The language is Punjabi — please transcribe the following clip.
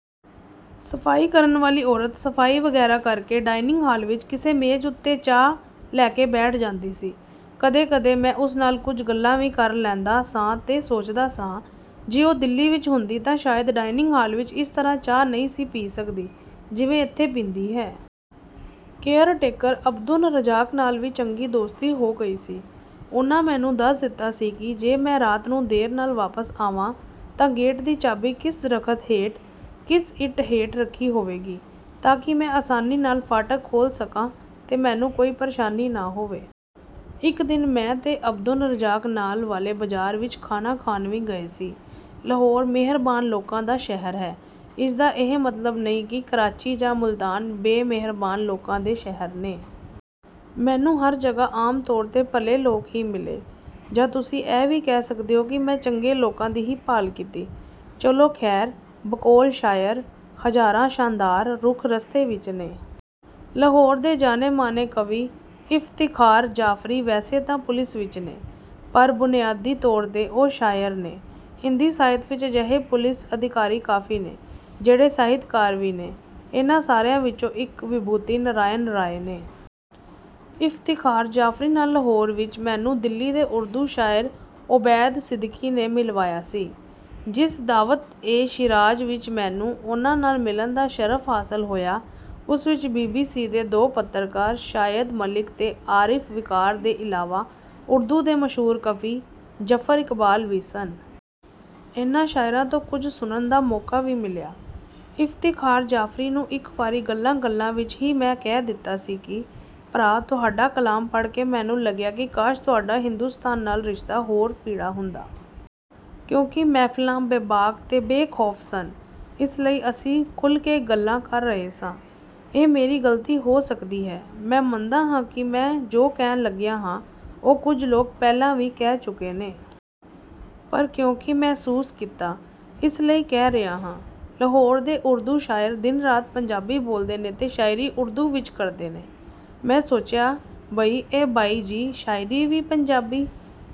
ਸਫ਼ਾਈ ਕਰਨ ਵਾਲੀ ਔਰਤ ਸਫ਼ਾਈ ਵਗੈਰਾ ਕਰਕੇ ਡਾਇਨਿੰਗ ਹਾਲ ਵਿਚ ਕਿਸੇ ਮੇਜ਼ ਉੱਤੇ ਚਾਹ ਲੈ ਕੇ ਬੈਠ ਜਾਂਦੀ ਸੀ। ਕਦੇ-ਕਦੇ ਮੈਂ ਉਸ ਨਾਲ ਕੁਝ ਗੱਲਾਂ ਵੀ ਕਰ ਲੈਂਦਾ ਸਾਂ ਤੇ ਸੋਚਦਾ ਸਾਂ, ਜੇ ਉਹ ਦਿੱਲੀ ਵਿਚ ਹੁੰਦੀ ਤਾਂ ਸ਼ਾਇਦ ਡਾਇਨਿੰਗ ਹਾਲ ਵਿਚ ਇਸ ਤਰ੍ਹਾਂ ਚਾਹ ਨਹੀਂ ਸੀ ਪੀ ਸਕਦੀ, ਜਿਵੇਂ ਇੱਥੇ ਪੀਂਦੀ ਹੈ। ਕੇਅਰਟੇਕਰ ਅਬਦੁਨ ਰੱਜ਼ਾਕ ਨਾਲ ਵੀ ਚੰਗੀ ਦੋਸਤੀ ਹੋ ਗਈ ਸੀ। ਉਹਨਾਂ ਮੈਨੂੰ ਦੱਸ ਦਿੱਤਾ ਸੀ ਕਿ ਜੇ ਮੈਂ ਰਾਤ ਨੂੰ ਦੇਰ ਨਾਲ ਵਾਪਸ ਆਵਾਂ ਤਾਂ ਗੇਟ ਦੀ ਚਾਬੀ ਕਿਸ ਦਰਖ਼ਤ ਹੇਠ, ਕਿਸ ਇੱਟ ਹੇਠ ਰੱਖੀ ਹੋਵੇਗੀ, ਤਾਂ ਕਿ ਮੈਂ ਆਸਾਨੀ ਨਾਲ ਫਾਟਕ ਖੋਲ੍ਹ ਸਕਾਂ ਤੇ ਮੈਨੂੰ ਕੋਈ ਪ੍ਰੇਸ਼ਾਨੀ ਨਾ ਹੋਵੇ। ਇਕ ਦਿਨ ਮੈਂ ਤੇ ਅਬਦੁਨ ਰੱਜ਼ਾਕ ਨਾਲ ਵਾਲੇ ਬਾਜ਼ਾਰ ਵਿਚ ਖਾਣਾ ਖਾਣ ਵੀ ਗਏ ਸੀ। ਲਾਹੌਰ ਮਿਹਰਬਾਨ ਲੋਕਾਂ ਦਾ ਸ਼ਹਿਰ ਹੈ, ਇਸਦਾ ਇਹ ਮਤਲਬ ਨਹੀਂ ਕਿ ਕਰਾਚੀ ਜਾਂ ਮੁਲਤਾਨ ਬੇਮਿਹਰਬਾਨ ਲੋਕਾਂ ਦੇ ਸ਼ਹਿਰ ਨੇ। ਮੈਨੂੰ ਹਰ ਜਗ੍ਹਾ ਆਮ ਤੌਰ 'ਤੇ ਭਲੇ ਲੋਕ ਹੀ ਮਿਲੇ। ਜਾਂ ਤੁਸੀਂ ਇਹ ਵੀ ਕਹਿ ਸਕਦੇ ਹੋ ਕਿ ਮੈਂ ਚੰਗੇ ਲੋਕਾਂ ਦੀ ਹੀ ਭਾਲ ਕੀਤੀ। ਚਲੋ ਖ਼ੈਰ, ਬਕੌਲ ਸ਼ਾਇਰ, "ਹਜ਼ਾਰਾਂ ਛਾਂਦਾਰ ਰੁੱਖ ਰਸਤੇ ਵਿਚ ਨੇ।" ਲਾਹੌਰ ਦੇ ਜਾਣੇ-ਮਾਣੇ ਕਵੀ ਇਫ਼ਤਿਖਾਰ ਜਾਫ਼ਰੀ ਵੈਸੇ ਤਾਂ ਪੁਲਿਸ ਵਿਚ ਨੇ, ਪਰ ਬੁਨਿਆਦੀ ਤੌਰ 'ਤੇ ਉਹ ਸ਼ਾਇਰ ਨੇ। ਹਿੰਦੀ ਸਾਹਿਤ ਵਿਚ ਅਜਿਹੇ ਪੁਲਿਸ ਅਧਿਕਾਰੀ ਕਾਫ਼ੀ ਨੇ, ਜਿਹੜੇ ਸਾਹਿਤਕਾਰ ਵੀ ਨੇ। ਇਹਨਾਂ ਸਾਰਿਆਂ ਵਿਚੋਂ ਇਕ ਵਿਭੂਤਿ ਨਾਰਾਇਣ ਰਾਏ ਨੇ। ਇਫ਼ਤਿਖਾਰ ਜਾਫ਼ਰੀ ਨਾਲ ਲਾਹੌਰ ਵਿਚ ਮੈਨੂੰ ਦਿੱਲੀ ਦੇ ਉਰਦੂ ਸ਼ਾਇਰ ਓਬੈਦ ਸਿੱਦੀਕੀ ਨੇ ਮਿਲਵਾਇਆ ਸੀ। ਜਿਸ ਦਾਵਤ-ਏ-ਸ਼ੀਰਾਜ਼ ਵਿਚ ਮੈਨੂੰ ਉਹਨਾਂ ਨਾਲ ਮਿਲਣ ਦਾ ਸ਼ਰਫ਼ ਹਾਸਲ ਹੋਇਆ, ਉਸ ਵਿਚ ਬੀ. ਬੀ. ਸੀ. ਦੇ ਦੋ ਪੱਤਰਕਾਰ ਸ਼ਾਹਿਦ ਮਲਿਕ ਤੇ ਆਰਿਫ਼ ਵਿਕਾਰ ਦੇ ਇਲਾਵਾ ਉਰਦੂ ਦੇ ਮਸ਼ਹੂਰ ਕਵੀ ਜ਼ਫ਼ਰ ਇਕਬਾਲ ਵੀ ਸਨ। ਇਹਨਾਂ ਸ਼ਾਇਰਾਂ ਤੋਂ ਕੁਝ ਸੁਣਨ ਦਾ ਮੌਕਾ ਵੀ ਮਿਲਿਆ। ਇਫ਼ਤਿਖਾਰ ਜਾਫ਼ਰੀ ਨੂੰ ਇਕ ਵਾਰੀ ਗੱਲਾਂ-ਗੱਲਾਂ ਵਿਚ ਹੀ ਮੈਂ ਕਹਿ ਦਿੱਤਾ ਸੀ ਕਿ, "ਭਰਾ, ਤੁਹਾਡਾ ਕਲਾਮ ਪੜ੍ਹ ਕੇ ਮੈਨੂੰ ਲੱਗਿਆ ਕਿ ਕਾਸ਼ ਤੁਹਾਡਾ ਹਿੰਦੁਸਤਾਨ ਨਾਲ ਰਿਸ਼ਤਾ ਹੋਰ ਪੀੜ੍ਹਾ ਹੁੰਦਾ।" ਕਿਉਂਕਿ ਮਹਿਫ਼ਲਾਂ ਬੇਬਾਕ ਤੇ ਬੇਖ਼ੌਫ਼ ਸਨ, ਇਸ ਲਈ ਅਸੀਂ ਖੁੱਲ੍ਹ ਕੇ ਗੱਲਾਂ ਕਰ ਰਹੇ ਸਾਂ। ਇਹ ਮੇਰੀ ਗ਼ਲਤੀ ਹੋ ਸਕਦੀ ਹੈ। ਮੈਂ ਮੰਨਦਾ ਹਾਂ ਕਿ ਮੈਂ ਜੋ ਕਹਿਣ ਲੱਗਿਆ ਹਾਂ, ਉਹ ਕੁਝ ਲੋਕ ਪਹਿਲਾਂ ਵੀ ਕਹਿ ਚੁੱਕੇ ਨੇ। ਪਰ ਕਿਉਂਕਿ ਮਹਿਸੂਸ ਕੀਤਾ, ਇਸ ਲਈ ਕਹਿ ਰਿਹਾ ਹਾਂ। ਲਾਹੌਰ ਦੇ ਉਰਦੂ ਸ਼ਾਇਰ ਦਿਨ-ਰਾਤ ਪੰਜਾਬੀ ਬੋਲਦੇ ਨੇ ਤੇ ਸ਼ਾਇਰੀ ਉਰਦੂ ਵਿਚ ਕਰਦੇ ਨੇ। ਮੈਂ ਸੋਚਿਆ, "ਬਈ, ਇਹ ਬਾਈ-ਜੀ, ਸ਼ਾਇਰੀ ਵੀ ਪੰਜਾਬੀ...